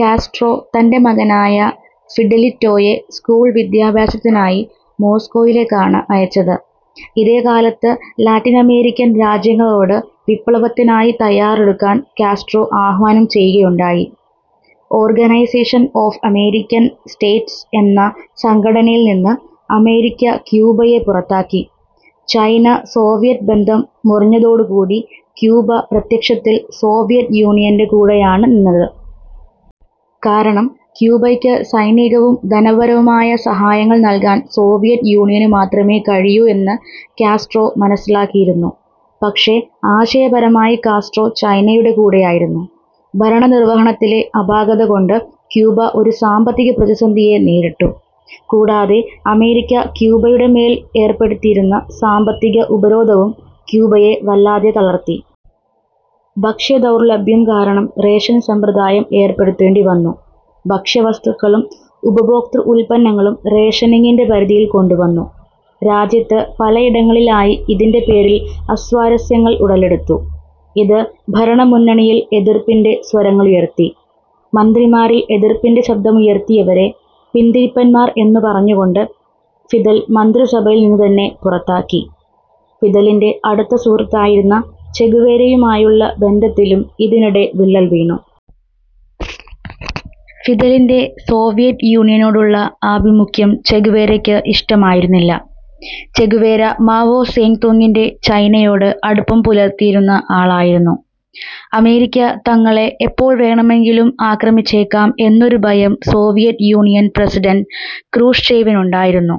Castro തൻറെ മകനായ ഫിഡെലിറ്റോയെ സ്കൂൾ വിദ്യാഭ്യാസത്തിനായി മോസ്കോയിലേക്കാണ് അയച്ചത്. ഇതേകാലത്ത് ലാറ്റിനമേരിക്കൻ രാജ്യങ്ങളോട് വിപ്ലവത്തിനായി തയ്യാറെടുക്കാൻ കാസ്ട്രോ ആഹ്വാനം ചെയ്യുകയുണ്ടായി. ഓർഗനൈസേഷൻ ഓഫ് അമേരിക്കൻ സ്റ്റേറ്റ്സ് എന്ന സംഘടനയിൽനിന്ന് അമേരിക്ക ക്യൂബയെ പുറത്താക്കി. ചൈന സോവിയറ്റ് ബന്ധം മുറിഞ്ഞതോടുകൂടി ക്യൂബ പ്രത്യക്ഷത്തിൽ സോവിയറ്റ് യൂണിയൻറെ കൂടെയാണ് നിന്നത്. കാരണം ക്യൂബയ്ക്ക് സൈനികവും ധനപരവുമായ സഹായങ്ങൾ നൽകാൻ സോവിയറ്റ് യൂണിയനു മാത്രമേ കഴിയൂ എന്ന് കാസ്ട്രോ മനസ്സിലാക്കിയിരുന്നു. പക്ഷേ ആശയപരമായി കാസ്ട്രോ ചൈനയുടെ കൂടെയായിരുന്നു. ഭരണനിർവഹണത്തിലെ അപാകതകൊണ്ട് ക്യൂബ ഒരു സാമ്പത്തിക പ്രതിസന്ധിയെ നേരിട്ടു. കൂടാതെ അമേരിക്ക ക്യൂബയുടെ മേൽ ഏർപ്പെടുത്തിയിരുന്ന സാമ്പത്തിക ഉപരോധവും ക്യൂബയെ വല്ലാതെ തളർത്തി. ഭക്ഷ്യദൗർലഭ്യം കാരണം റേഷൻ സമ്പ്രദായം ഏർപ്പെടുത്തേണ്ടിവന്നു. ഭക്ഷ്യവസ്തുക്കളും ഉപഭോക്തൃ ഉൽപ്പന്നങ്ങളും റേഷനിങ്ങിൻറെ പരിധിയിൽ കൊണ്ടുവന്നു. രാജ്യത്ത് പലയിടങ്ങളിലായി ഇതിൻറെ പേരിൽ അസ്വാരസ്യങ്ങൾ ഉടലെടുത്തു. ഇത് ഭരണ മുന്നണിയിൽ എതിർപ്പിൻറെ സ്വരങ്ങളുയർത്തി. മന്ത്രിമാരിൽ എതിർപ്പിൻറെ ശബ്ദമുയർത്തിയവരെ പിന്തിരിപ്പന്മാർ എന്നു പറഞ്ഞുകൊണ്ട് ഫിദൽ മന്ത്രിസഭയിൽനിന്നുതന്നെ പുറത്താക്കി. ഫിദലിൻറെ അടുത്ത സുഹൃത്തായിരുന്ന ചെഗുവേരയുമായുള്ള ബന്ധത്തിലും ഇതിനിടെ വിള്ളൽ വീണു. ഫിദലിൻറെ സോവിയറ്റ് യൂണിയനോടുള്ള ആഭിമുഖ്യം ചെഗുവേരയ്ക്ക് ഇഷ്ടമായിരുന്നില്ല. ചെ ഗുവേര മാവോ സേ തൂങ്ങിൻറെ ചൈനയോട് അടുപ്പം പുലർത്തിയിരുന്ന ആളായിരുന്നു. അമേരിക്ക തങ്ങളെ എപ്പോൾ വേണമെങ്കിലും ആക്രമിച്ചേക്കാം എന്നൊരു ഭയം സോവിയറ്റ് യൂണിയൻ പ്രസിഡന്റ് ക്രൂഷ്ചേവിനുണ്ടായിരുന്നു.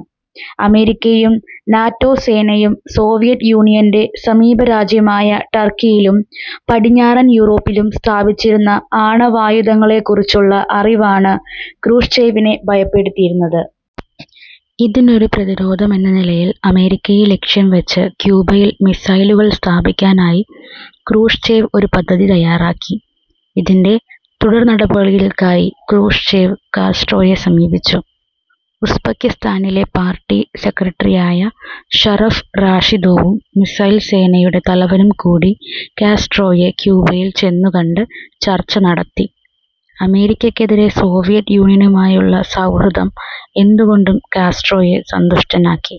അമേരിക്കയും നാറ്റോ സേനയും സോവിയറ്റ് യൂണിയൻറെ സമീപരാജ്യമായ ടർക്കിയിലും പടിഞ്ഞാറൻ യൂറോപ്പിലും സ്ഥാപിച്ചിരുന്ന ആണവായുധങ്ങളെക്കുറിച്ചുള്ള അറിവാണ് ക്രൂഷ്ചേവിനെ ഭയപ്പെടുത്തിയിരുന്നത്. ഇതിനൊരു പ്രതിരോധം എന്ന നിലയിൽ അമേരിക്കയെ ലക്ഷ്യംവെച്ച് ക്യൂബയിൽ മിസൈലുകൾ സ്ഥാപിക്കാനായി ക്രൂഷ്ചേവ് ഒരു പദ്ധതി തയ്യാറാക്കി. ഇതിൻറെ തുടർനടപടികൾക്കായി ക്രൂഷ്ചേവ് കാസ്ട്രോയെ സമീപിച്ചു. ഉസ്ബക്കിസ്ഥാനിലെ പാർട്ടി സെക്രട്ടറിയായ ഷറഫ് റാഷിദോവും മിസൈൽ സേനയുടെ തലവനും കൂടി കാസ്ട്രോയെ ക്യൂബയിൽ ചെന്നുകണ്ട് ചർച്ച നടത്തി. അമേരിക്കക്കെതിരേ സോവിയറ്റ് യൂണിയനുമായുള്ള സൗഹൃദം എന്തുകൊണ്ടും കാസ്ട്രോയെ സന്തുഷ്ടനാക്കി.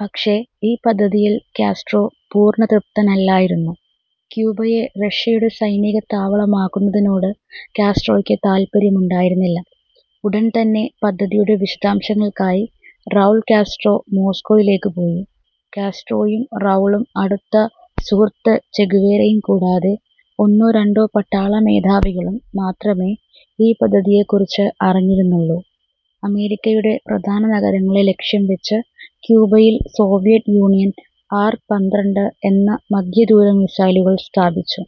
പക്ഷേ ഈ പദ്ധതിയിൽ കാസ്ട്രോ പൂർണ്ണ തൃപ്തനല്ലായിരുന്നു. ക്യൂബയെ റഷ്യയുടെ സൈനികത്താവളമാക്കുന്നതിനോട് കാസ്ട്രോയ്ക്ക് താൽപര്യമുണ്ടായിരുന്നില്ല. ഉടൻതന്നെ പദ്ധതിയുടെ വിശദാംശങ്ങൾക്കായി റൗൾ കാസ്ട്രോ മോസ്കോയിലേക്ക് പോയി. കാസ്ട്രോയും റൗളും അടുത്ത സുഹൃത്ത് ചെ ഗുവേരയും കൂടാതെ ഒന്നോ രണ്ടോ പട്ടാള മേധാവികളും മാത്രമേ ഈ പദ്ധതിയെക്കുറിച്ച് അറിഞ്ഞിരുന്നുള്ളൂ. അമേരിക്കയുടെ പ്രധാന നഗരങ്ങളെ ലക്ഷ്യംവെച്ച് ക്യൂബയിൽ സോവിയറ്റ് യൂണിയൻ ആർ പന്ത്രണ്ട് എന്ന മധ്യദൂര മിസൈലുകൾ സ്ഥാപിച്ചു.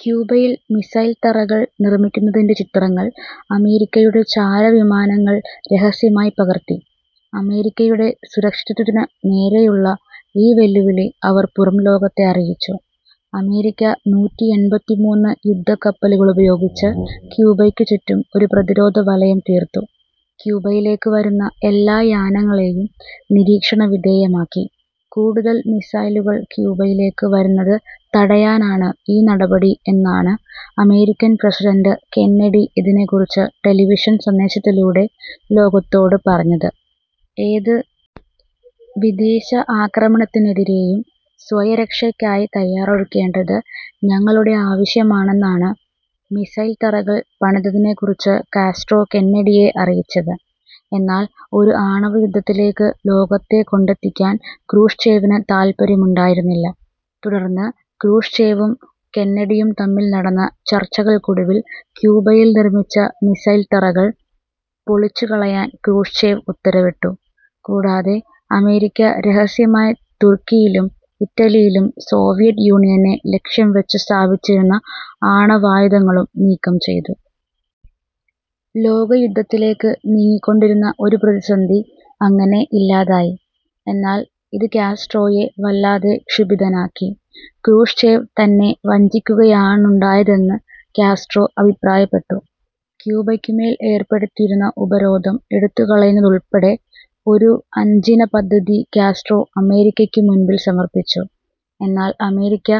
ക്യൂബയിൽ മിസൈൽത്തറകൾ നിർമ്മിക്കുന്നതിൻറെ ചിത്രങ്ങൾ അമേരിക്കയുടെ ചാരവിമാനങ്ങൾ രഹസ്യമായി പകർത്തി. അമേരിക്കയുടെ സുരക്ഷിതത്വത്തിനു നേരെയുള്ള ഈ വെല്ലുവിളി അവർ പുറംലോകത്തെ അറിയിച്ചു. അമേരിക്ക നൂറ്റിയെൺപത്തിമൂന്ന് യുദ്ധക്കപ്പലുകളുപയോഗിച്ച് ക്യൂബയ്ക്കു ചുറ്റും ഒരു പ്രതിരോധവലയം തീർത്തു. ക്യൂബയിലേക്ക് വരുന്ന എല്ലാ യാനങ്ങളേയും നിരീക്ഷണവിധേയമാക്കി. കൂടുതൽ മിസൈലുകൾ ക്യൂബയിലേക്ക് വരുന്നത് തടയാനാണ് ഈ നടപടി എന്നാണ് അമേരിക്കൻ പ്രസിഡന്റ് കെന്നഡി ഇതിനെക്കുറിച്ച് ടെലിവിഷൻ സന്ദേശത്തിലൂടെ ലോകത്തോട് പറഞ്ഞത്. ഏത് വിദേശ ആക്രമണത്തിനെതിരെയും സ്വയരക്ഷയ്ക്കായി തയ്യാറെടുക്കേണ്ടത് ഞങ്ങളുടെ ആവശ്യമാണെന്നാണ് മിസൈൽത്തറകൾ പണിതതിനെക്കുറിച്ച് കാസ്ട്രോ കെന്നഡിയെ അറിയിച്ചത്. എന്നാൽ ഒരു ആണവയുദ്ധത്തിലേക്ക് ലോകത്തെ കൊണ്ടെത്തിക്കാൻ ക്രൂഷ്ചേവിന് താൽപര്യമുണ്ടായിരുന്നില്ല. തുടർന്ന് ക്രൂഷ്ചേവും കെന്നഡിയും തമ്മിൽ നടന്ന ചർച്ചകൾക്കൊടുവിൽ ക്യൂബയിൽ നിർമ്മിച്ച മിസൈൽത്തറകൾ പൊളിച്ചുകളയാൻ ക്രൂഷ്ചേവ് ഉത്തരവിട്ടു. കൂടാതെ അമേരിക്ക രഹസ്യമായി തുർക്കിയിലും ഇറ്റലിയിലും സോവിയറ്റ് യൂണിയനെ ലക്ഷ്യംവെച്ച് സ്ഥാപിച്ചിരുന്ന ആണവായുധങ്ങളും നീക്കം ചെയ്തു. ലോകയുദ്ധത്തിലേക്ക് നീങ്ങിക്കൊണ്ടിരുന്ന ഒരു പ്രതിസന്ധി അങ്ങനെ ഇല്ലാതായി. എന്നാൽ ഇത് കാസ്ട്രോയെ വല്ലാതെ ക്ഷുഭിതനാക്കി. ക്രൂഷ്ചേവ് തന്നെ വഞ്ചിക്കുകയാണുണ്ടായതെന്ന് കാസ്ട്രോ അഭിപ്രായപ്പെട്ടു. ക്യൂബയ്ക്കുമേൽ ഏർപ്പെടുത്തിയിരുന്ന ഉപരോധം എടുത്തുകളയുന്നതുൾപ്പെടെ ഒരു അഞ്ചിന പദ്ധതി കാസ്ട്രോ അമേരിക്കയ്ക്കു മുമ്പിൽ സമർപ്പിച്ചു. എന്നാൽ അമേരിക്ക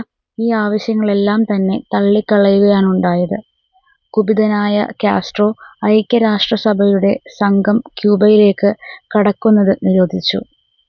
ഈ ആവശ്യങ്ങളെല്ലാം തന്നെ തള്ളിക്കളയുകയാണുണ്ടായത്. കുപിതനായ കാസ്ട്രോ ഐക്യരാഷ്ട്രസഭയുടെ സംഘം ക്യൂബയിലേക്ക് കടക്കുന്നത് നിരോധിച്ചു.